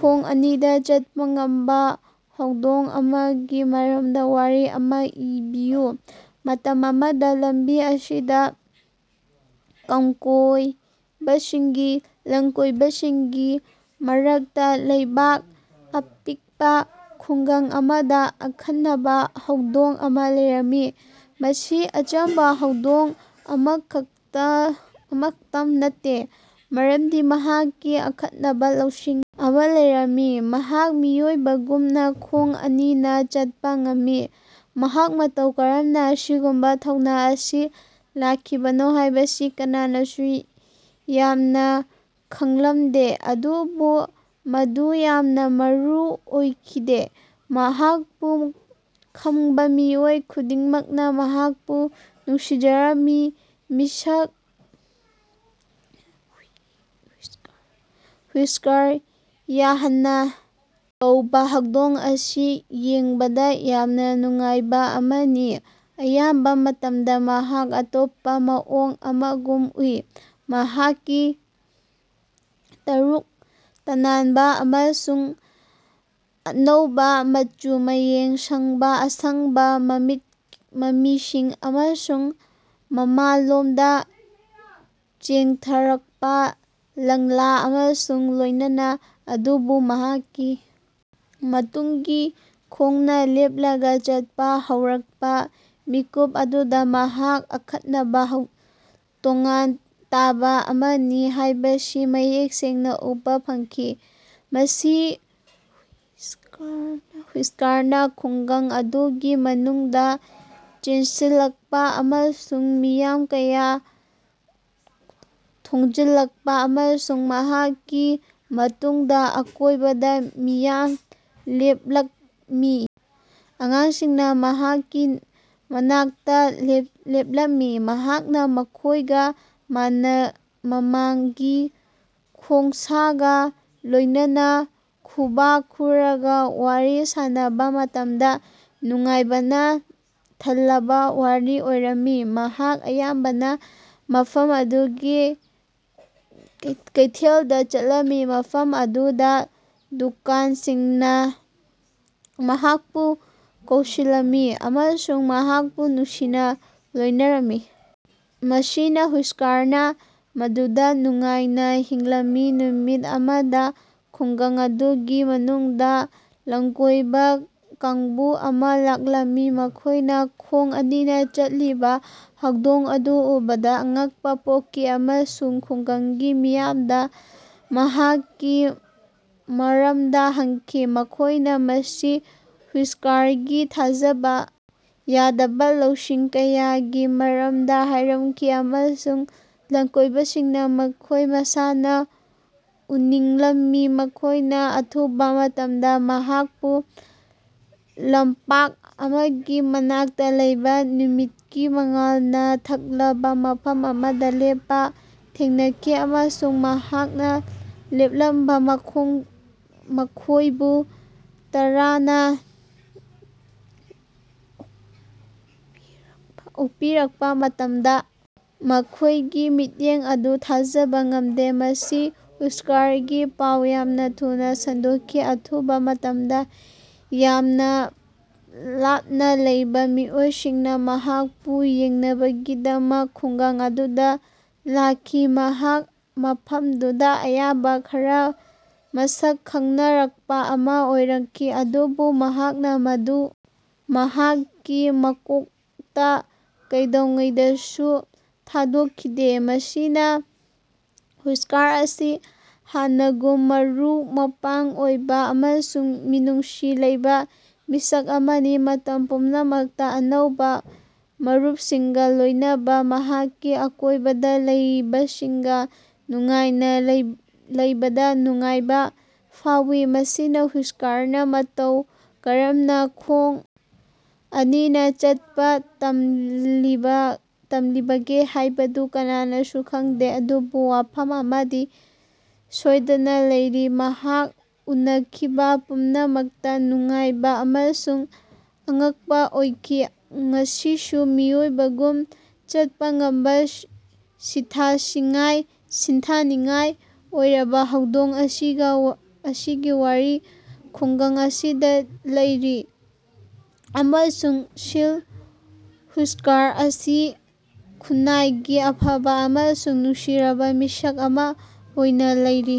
ꯈꯣꯡ ꯑꯅꯤꯗ ꯆꯠꯄ ꯉꯝꯕ ꯍꯧꯗꯣꯡ ꯑꯃꯒꯤ ꯃꯔꯝꯗ ꯋꯥꯔꯤ ꯑꯃ ꯏꯕꯤꯌꯨ꯫ ꯃꯇꯝ ꯑꯃꯗ ꯂꯝꯗꯝ ꯑꯁꯤꯒꯤ ꯂꯝꯀꯣꯏꯕꯁꯤꯡꯒꯤ ꯃꯔꯛꯇꯥ ꯂꯩꯕꯥ ꯑꯄꯤꯛꯄꯥ ꯈꯨꯡꯒꯪ ꯑꯃꯗ ꯑꯈꯟꯅꯕ ꯍꯧꯗꯣꯡ ꯑꯃ ꯂꯩꯔꯝꯃꯤ꯫ ꯃꯁꯤ ꯑꯆꯝꯕ ꯍꯧꯗꯣꯡ ꯑꯃꯈꯛꯇꯃꯛ ꯅꯠꯇꯦ ꯃꯔꯝꯗꯤ ꯃꯍꯥꯛꯀꯤ ꯑꯈꯟꯅꯕꯥ ꯂꯧꯁꯤꯡ ꯑꯃ ꯂꯩꯔꯝꯃꯤ- ꯃꯍꯥꯛ ꯃꯤꯑꯣꯏꯕꯒꯨꯝꯅꯥ ꯈꯣꯡ ꯑꯅꯤꯅ ꯆꯠꯄꯥ ꯉꯝꯃꯤ꯫ ꯃꯍꯥꯛ ꯃꯇꯧ ꯀꯔꯝꯅ ꯑꯁꯤꯒꯨꯝꯕ ꯊꯧꯅ ꯑꯁꯤ ꯂꯈꯤꯕꯅꯣ ꯍꯥꯌꯕꯁꯤ ꯀꯅꯥꯅꯁꯨ ꯌꯥꯝꯅ ꯈꯉꯂꯝꯗꯦ ꯑꯗꯨꯕꯨ ꯃꯗꯨ ꯌꯥꯝꯅ ꯃꯔꯨ ꯑꯣꯏꯈꯤꯗꯦ꯫ ꯃꯍꯥꯛꯄꯨ ꯈꯡꯕ ꯃꯤꯑꯣꯏ ꯈꯨꯗꯤꯡꯃꯛꯅ ꯃꯍꯥꯛꯄꯨ ꯅꯨꯡꯁꯤꯖꯔꯝꯃꯤ꯫ ꯃꯤꯁ ꯍꯨꯏꯁꯀꯔ ꯍꯥꯌꯅꯥ ꯀꯧꯕꯥ ꯍꯧꯗꯣꯡ ꯑꯁꯤ ꯌꯦꯡꯕꯗꯥ ꯌꯥꯝꯅ ꯅꯨꯡꯉꯥꯏꯕ ꯑꯃꯅꯤ꯫ ꯑꯌꯥꯝꯕ ꯃꯇꯝꯗ ꯃꯍꯥꯛ ꯑꯇꯣꯞꯄ ꯃꯑꯣꯡ ꯑꯃꯒꯨꯝ ꯎꯏ ꯃꯍꯥꯛꯀꯤ ꯇꯔꯨ ꯇꯅꯥꯟꯕ ꯑꯃꯨꯕ ꯑꯃꯁꯨꯡ ꯑꯉꯧꯕ ꯃꯆꯨ ꯃꯌꯦꯛ ꯁꯦꯡꯕꯥ ꯑꯁꯪꯕ ꯃꯃꯤꯠꯁꯤꯡ ꯑꯃꯁꯨꯡ ꯃꯃꯥꯡꯂꯣꯝꯗ ꯆꯦꯟꯊꯔꯛꯄꯥ ꯂꯪꯂꯥ ꯑꯃꯒ ꯂꯣꯢꯅꯅꯥ꯫ ꯑꯗꯨꯕꯨ ꯃꯍꯥꯛꯀꯤ ꯃꯇꯨꯡꯒꯤ ꯈꯣꯡꯅ ꯂꯦꯞꯂꯒ ꯆꯠꯄ ꯍꯧꯔꯛꯄ ꯃꯤꯀꯨꯞ ꯑꯗꯨꯗ ꯃꯍꯥꯛ ꯑꯈꯟꯅꯕ ꯇꯣꯉꯥꯟ ꯇꯥꯕ ꯑꯃꯅꯤ ꯍꯥꯢꯕꯁꯤ ꯃꯌꯦꯛ ꯁꯦꯡꯅ ꯎꯕ ꯐꯪꯈꯤ꯫ ꯃꯤꯁ ꯍꯨꯏꯁꯀꯔꯅ ꯈꯨꯡꯒꯪ ꯑꯗꯨꯒꯤ ꯃꯅꯨꯡꯗꯥ ꯆꯦꯟꯁꯤꯜꯂꯛꯏ ꯑꯃꯁꯨꯡ ꯃꯤꯌꯥꯝ ꯀꯌꯥ ꯊꯣꯝꯖꯤꯜꯂꯛꯏ ꯑꯃꯁꯨꯡ ꯃꯍꯥꯛꯀꯤ ꯃꯇꯨꯡꯗꯥ ꯑꯀꯣꯏꯕꯗ ꯃꯤꯌꯥꯝ ꯂꯦꯞꯂꯝꯃꯤ꯫ ꯑꯉꯥꯡꯁꯤꯡꯅ ꯃꯍꯥꯛꯀꯤ ꯃꯅꯥꯛꯇ ꯂꯦꯞꯂꯝꯃꯤ ꯃꯍꯥꯛꯅꯥ ꯃꯈꯣꯢꯒ ꯃꯃꯥꯡꯒꯤ ꯈꯨꯠꯁꯥꯒ ꯂꯣꯏꯅꯥꯅ ꯈꯨꯕꯥꯛ ꯈꯨꯔꯒ ꯋꯥꯔꯤ ꯁꯥꯟꯅꯕ ꯃꯇꯝꯗ ꯅꯨꯡꯉꯥꯏꯕꯅ ꯊꯜꯂꯕ ꯋꯥꯔꯤ ꯑꯣꯏꯔꯝꯃꯤ꯫ ꯃꯍꯥꯛ ꯑꯌꯥꯝꯕꯅ ꯃꯐꯝ ꯑꯗꯨꯒꯤ ꯀꯩꯊꯦꯜꯗ ꯆꯠꯂꯝꯃꯤ ꯃꯐꯝ ꯑꯗꯨꯗ ꯗꯨꯀꯥꯟꯁꯤꯡꯅ ꯃꯍꯥꯛꯄꯨ ꯀꯧꯁꯤꯜꯂꯛꯂꯝꯃꯤ ꯑꯃꯁꯨꯡ ꯃꯍꯥꯛꯄꯨ ꯅꯨꯡꯁꯤꯅ ꯁꯣꯟꯅꯔꯝꯃꯤ꯫ ꯃꯤꯁ ꯍꯨꯏꯁꯀꯔꯅ ꯃꯗꯨꯗ ꯅꯨꯡꯉꯥꯏꯅ ꯍꯤꯡꯂꯝꯃꯤ꯫ ꯅꯨꯃꯤꯠ ꯑꯃꯗ ꯈꯨꯡꯒꯪ ꯑꯗꯨꯒꯤ ꯃꯅꯨꯡꯗꯥ ꯂꯝꯀꯣꯢꯕ ꯀꯥꯡꯕꯨ ꯑꯃ ꯂꯥꯛꯂꯝꯃꯤ꯫ ꯃꯈꯣꯢꯅ ꯈꯣꯡ ꯑꯅꯤꯅ ꯆꯠꯂꯤꯕ ꯍꯧꯗꯣꯡ ꯑꯗꯨ ꯎꯕꯗ ꯑꯉꯛꯄ ꯄꯣꯛꯈꯤ ꯑꯃꯁꯨꯡ ꯈꯨꯡꯒꯪꯒꯤ ꯃꯤꯌꯥꯝꯗ ꯃꯍꯥꯛꯀꯤ ꯃꯔꯝꯗ ꯍꯪꯈꯤ꯫ ꯃꯈꯣꯢꯅ ꯃꯤꯁ ꯍꯨꯏꯁ꯭ꯀꯔꯒꯤ ꯊꯥꯖꯕ ꯌꯥꯗꯕ ꯂꯧꯁꯤꯡ ꯀꯌꯥꯒꯤ ꯃꯔꯝꯗ ꯍꯥꯢꯔꯛꯈꯤ ꯑꯃꯁꯨꯡ ꯂꯝꯀꯣꯢꯕꯁꯤꯡꯅ ꯃꯈꯣꯏ ꯃꯁꯥꯅ ꯎꯅꯤꯡꯂꯝꯃꯤ ꯫ ꯃꯈꯣꯢꯅꯥ ꯑꯊꯨꯕ ꯃꯇꯝꯗ ꯃꯍꯥꯛꯄꯨ ꯂꯝꯄꯥꯛ ꯑꯃꯒꯤ ꯃꯅꯥꯛꯇ ꯂꯩꯕꯥ ꯅꯨꯃꯤꯠꯀꯤ ꯃꯉꯥꯜꯅ ꯊꯜꯂꯕ ꯃꯐꯝ ꯑꯃꯗ ꯂꯦꯞꯄ ꯊꯦꯡꯅꯈꯤ ꯑꯃꯁꯨꯡ ꯃꯍꯥꯛꯅ ꯂꯦꯞꯂꯒ ꯃꯈꯣꯏꯕꯨ ꯇꯔꯥꯝꯅ ꯑꯣꯛꯄꯤꯔꯛꯄ ꯃꯇꯝꯗ ꯃꯈꯣꯢꯒꯤ ꯃꯤꯠꯌꯦꯡ ꯑꯗꯨ ꯊꯥꯖꯕ ꯉꯃꯈꯤꯗꯦ꯫ ꯃꯤꯁ ꯍꯨꯏꯁꯀꯔꯒꯤ ꯄꯥꯎ ꯌꯥꯝꯅ ꯊꯨꯅꯥ ꯁꯟꯗꯣꯛꯈꯤ ꯑꯊꯨꯕꯥ ꯃꯇꯝꯗ ꯌꯥꯝꯅ ꯂꯥꯞꯅ ꯂꯩꯕ ꯃꯤꯑꯣꯏꯁꯤꯡꯅꯥ ꯃꯍꯥꯛꯄꯨ ꯌꯦꯡꯅꯕꯒꯤꯗꯃꯛ ꯈꯨꯡꯒꯪ ꯑꯗꯨꯗ ꯂꯥꯛꯈꯤ꯫ ꯃꯍꯥꯛ ꯃꯐꯝꯗꯨꯗ ꯃꯌꯥꯝꯅ ꯈꯔ ꯃꯁꯛ ꯈꯪꯅꯔꯛꯄ ꯑꯃ ꯑꯣꯏꯔꯛꯈꯤ꯫ ꯑꯗꯨꯕꯨ ꯃꯍꯥꯛꯅ ꯃꯗꯨ ꯃꯍꯥꯛꯀꯤ ꯃꯀꯣꯛꯇ ꯀꯩꯗꯧꯉꯩꯗꯁꯨ ꯊꯥꯗꯣꯛꯈꯤꯗꯦ꯫ ꯃꯤꯁ ꯍꯨꯏꯁꯀꯔ ꯑꯁꯤ ꯍꯥꯟꯅꯒꯨꯝ ꯃꯔꯨꯞ-ꯃꯄꯥꯡ ꯑꯣꯏꯕ ꯑꯃꯁꯨꯡ ꯃꯤꯅꯨꯡꯁꯤ ꯂꯩꯕꯥ ꯃꯤꯁꯛ ꯑꯃꯅꯤ ꯫ ꯃꯇꯝ ꯄꯨꯝꯅꯃꯛꯇꯥ ꯑꯅꯧꯕꯥ ꯃꯔꯨꯄꯁꯤꯡꯒꯥ ꯂꯣꯢꯅꯥꯕ ꯃꯍꯥꯛꯀꯤ ꯑꯀꯣꯢꯕꯗ ꯂꯩꯕꯁꯤꯡꯒ ꯅꯨꯡꯉꯥꯏꯅ ꯂꯩꯕꯗ ꯅꯨꯡꯉꯥꯏꯕ ꯐꯥꯎꯏ꯫ ꯃꯤꯁ ꯍꯨꯏꯁꯀꯔꯅ ꯃꯇꯧ ꯀꯔꯝꯅ ꯈꯣꯡ ꯑꯅꯤꯅ ꯆꯠꯄ ꯇꯝꯈꯤꯕꯒꯦ ꯍꯥꯢꯕꯗꯨ ꯀꯅꯥꯅꯁꯨ ꯈꯪꯗꯦ ꯑꯗꯨꯕꯨ ꯋꯥꯐꯝ ꯑꯃꯗꯤ ꯁꯣꯢꯗꯅ ꯂꯩꯔꯤ ꯃꯍꯥꯛꯀꯥ ꯎꯅꯈꯤꯕ ꯄꯨꯝꯅꯃꯛꯇ ꯅꯨꯡꯉꯥꯏꯕ ꯑꯃꯁꯨꯡ ꯑꯉꯛꯄ ꯑꯣꯏꯈꯤ꯫ ꯉꯁꯤꯁꯨ ꯃꯤꯑꯣꯏꯕꯒꯨꯝ ꯆꯠꯄꯥ ꯉꯝꯕ ꯁꯤꯡꯊꯥꯅꯤꯡꯉꯥꯏ ꯑꯣꯏꯔꯕꯥ ꯍꯧꯗꯣꯡ ꯑꯁꯤꯒꯤ ꯋꯥꯔꯤꯁꯤꯡ ꯈꯨꯡꯒꯪ ꯑꯁꯤꯗ ꯂꯤꯔꯤ ꯑꯃꯁꯨꯡ ꯃꯤꯁ ꯍꯨꯏꯁꯀꯔ ꯑꯁꯤ ꯈꯨꯟꯅꯥꯏꯒꯤ ꯑꯐꯕ ꯑꯃꯁꯨꯡ ꯅꯨꯡꯁꯤꯖꯔꯕ ꯃꯤꯁꯛ ꯑꯃ ꯑꯣꯏꯅ ꯂꯩꯔꯤ꯫